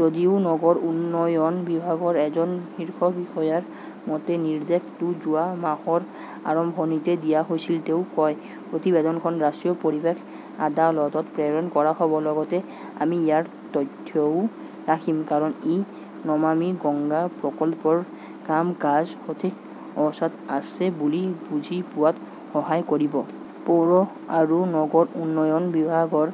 যদিও নগৰ উন্নয়ন বিভাগৰ এজন শীৰ্ষ বিষয়াৰ মতে, নিৰ্দেশটো যোৱা মাহৰ আৰম্ভণিতে দিয়া হৈছিল। তেওঁ কয়, প্ৰতিবেদনখন ৰাষ্ট্ৰীয় পৰিৱেশ আদালতত প্ৰেৰণ কৰা হ'ব। লগতে আমি ইয়াৰ তথ্যও ৰাখিম। কাৰণ, ই নমামি গংগা প্ৰকল্পৰ কাম-কাজ সঠিক অৱস্থাত আছে বুলি বুজি পোৱাত সহায় কৰিব। পৌৰ আৰু নগৰ উন্নয়ন বিভাগৰ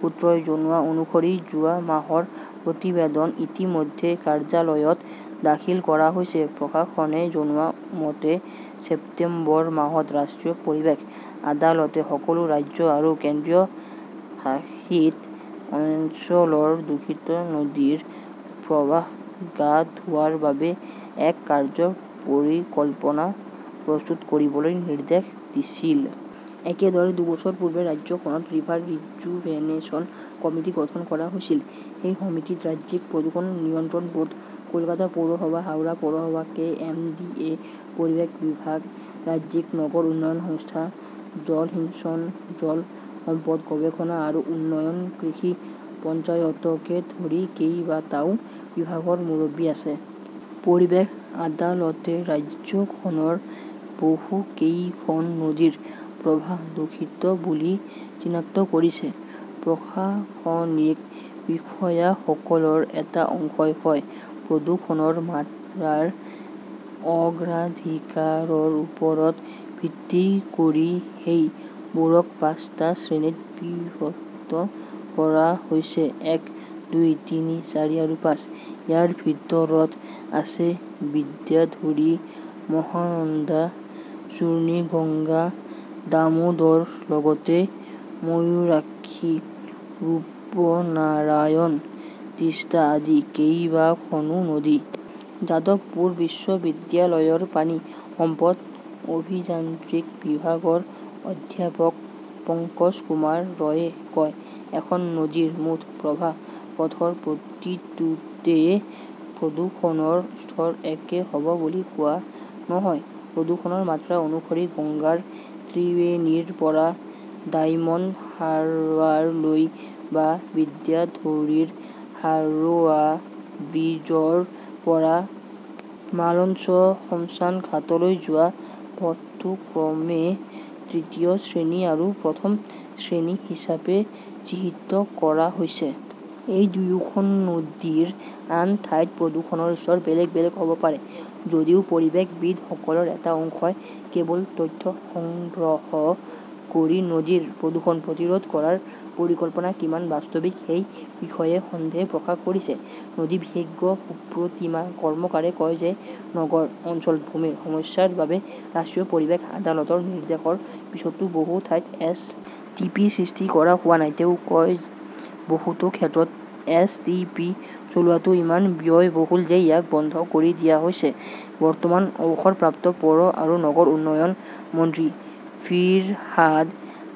সূত্ৰই জনোৱা অনুসৰি যোৱা মাহৰ প্ৰতিবেদন ইতিমধ্যে কাৰ্যালয়ত দাখিল কৰা হৈছে। প্ৰশাসনে জনোৱা মতে, ছেপ্টেম্বৰ মাহত ৰাষ্ট্ৰীয় পৰিৱেশ আদালতে সকলো ৰাজ্য আৰু কেন্দ্ৰীয় শাসিত অঞ্চলৰ দূষিত নদীৰ প্ৰৱাহ গা ধোৱাৰ বাবে এক কাৰ্য্য পৰিকল্পনা প্ৰস্তুত কৰিবলৈ নিৰ্দেশ দিছিল। একেদৰে, দুবছৰ পূৰ্বে ৰাজ্যখনত ৰিভাৰ ৰিজুভেনেশ্যন কমিটি গঠন কৰা হৈছিল। সেই সমিতিত ৰাজ্যিক প্ৰদূষণ নিয়ন্ত্ৰণ ব'ৰ্ড, কলকাতা পৌৰসভা, হাওৰা পৌৰসভা, কে. এম. ডি. এ., পৰিৱেশ বিভাগ, ৰাজ্যিক নগৰ উন্নয়ন সংস্থা, জলসিঞ্চন, জল সম্পদ গৱেষণা আৰু উন্নয়ন, কৃষি, পঞ্চায়তকে ধৰি কেইবাটাও বিভাগৰ মুৰব্বী আছে। পৰিৱেশ আদালতে ৰাজ্যখনৰ বহুকেইখন নদীৰ প্ৰভাৱ দূষিত বুলি চিনাক্ত কৰিছে, প্ৰশাসনিক বিষয়াসকলৰ এটা অংশই কয়। প্ৰদূষণৰ মাত্ৰাৰ অগ্ৰাধিকাৰৰ ওপৰত ভিত্তি কৰি সেইবোৰক পাঁচটা শ্ৰেণীত বিভক্ত কৰা হৈছে-এক, দুই, তিনি, চাৰি আৰু পাঁচ। ইয়াৰ ভিতৰত আছে বিদ্যাধৰী, মহানন্দা, চুৰ্ণী, গংগা, দামোদৰ, লগতে ময়ূৰাক্ষী, ৰূপনাৰায়ণ, তিষ্টা আদি কেইবাখনো নদী। যাদৱপুৰ বিশ্ববিদ্যালয়ৰ পানী সম্পদ অভিযান্ত্ৰিক বিভাগৰ অধ্যাপক পঙ্কজকুমাৰ ৰয়ে কয়, এখন নদীৰ মুঠ প্ৰবাহ পথৰ প্ৰতিটোতে প্ৰদূষণৰ স্তৰ একে হ'ব বুলি কোৱা নহয়। প্ৰদূষণৰ মাত্ৰা অনুসৰি গংগাৰ ত্ৰিবেণীৰ পৰা ডায়মণ্ড হাৰ্বাৰলৈ বা বিদ্যাধৰীৰ হাৰোৱা ব্ৰীজৰ পৰা মালঞ্চ শ্মশান ঘাটলৈ যোৱা পথটো ক্ৰমে তৃতীয় শ্ৰেণী আৰু প্ৰথম শ্ৰেণী হিচাপে চিহ্নিত কৰা হৈছে। এই দুয়োখন নদীৰ আন ঠাইত প্ৰদূষণৰ স্তৰ বেলেগ বেলেগ হ'ব পাৰে। যদিও পৰিৱেশবিদসকলৰ এটা অংশই কেৱল তথ্য সংগ্ৰহ কৰি নদীৰ প্ৰদূষণ প্ৰতিৰোধ কৰাৰ পৰিকল্পনা কিমান বাস্তৱিক সেই বিষয়ে সন্দেহ প্ৰকাশ কৰিছে। নদী বিশেষজ্ঞ সুপ্ৰতীমা কৰ্মকাৰে কয় যে নগৰ অঞ্চলত ভূমিৰ সমস্যাৰ বাবে ৰাষ্ট্ৰীয় পৰিৱেশ আদালতৰ নিৰ্দেশৰ পিছতো বহু ঠাইত এছ. টি. পি. সৃষ্টি কৰা হোৱা নাই। তেওঁ কয়, বহুতো ক্ষেত্ৰত এছ. টি. পি. চলোৱাটো ইমান ব্যয়বহুল যে ইয়াক বন্ধ কৰি দিয়া হৈছে। বৰ্তমান অৱসৰপ্ৰাপ্ত পৌৰ আৰু নগৰ উন্নয়ন মন্ত্ৰী ফিৰহাদ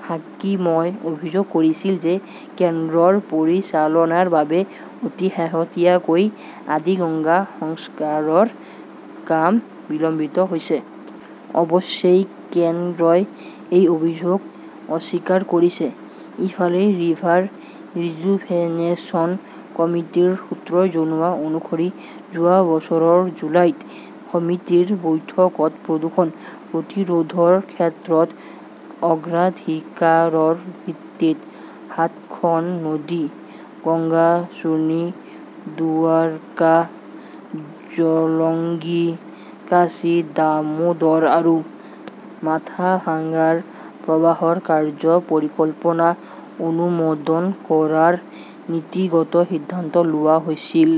হাকিমই অভিযোগ কৰিছিল যে কেন্দ্ৰৰ পৰিচালনাৰ বাবে অতি শেহতীয়াকৈ আদিগঙ্গা সংস্কাৰৰ কাম বিলম্বিত হৈছে। অৱশ্যে কেন্দ্ৰই এই অভিযোগ অস্বীকাৰ কৰিছে। ইফালে, ৰিভাৰ ৰিজুভেনেশ্যন কমিটিৰ সূত্ৰই জনোৱা অনুসৰি, যোৱা বছৰৰ জুলাইত সমিতিৰ বৈঠকত প্ৰদূষণ প্ৰতিৰোধৰ ক্ষেত্ৰত অগ্ৰাধিকাৰৰ ভিত্তিত সাতখন নদী-গংগা, চুৰ্নী, দুৱাৰকা, জলংগী, কাঁচি, দামোদৰ আৰু মাথাভাঙ্গাৰ প্ৰবাহৰ কাৰ্য্য পৰিকল্পনা অনুমোদন কৰাৰ নীতিগত সিদ্ধান্ত লোৱা হৈছিল।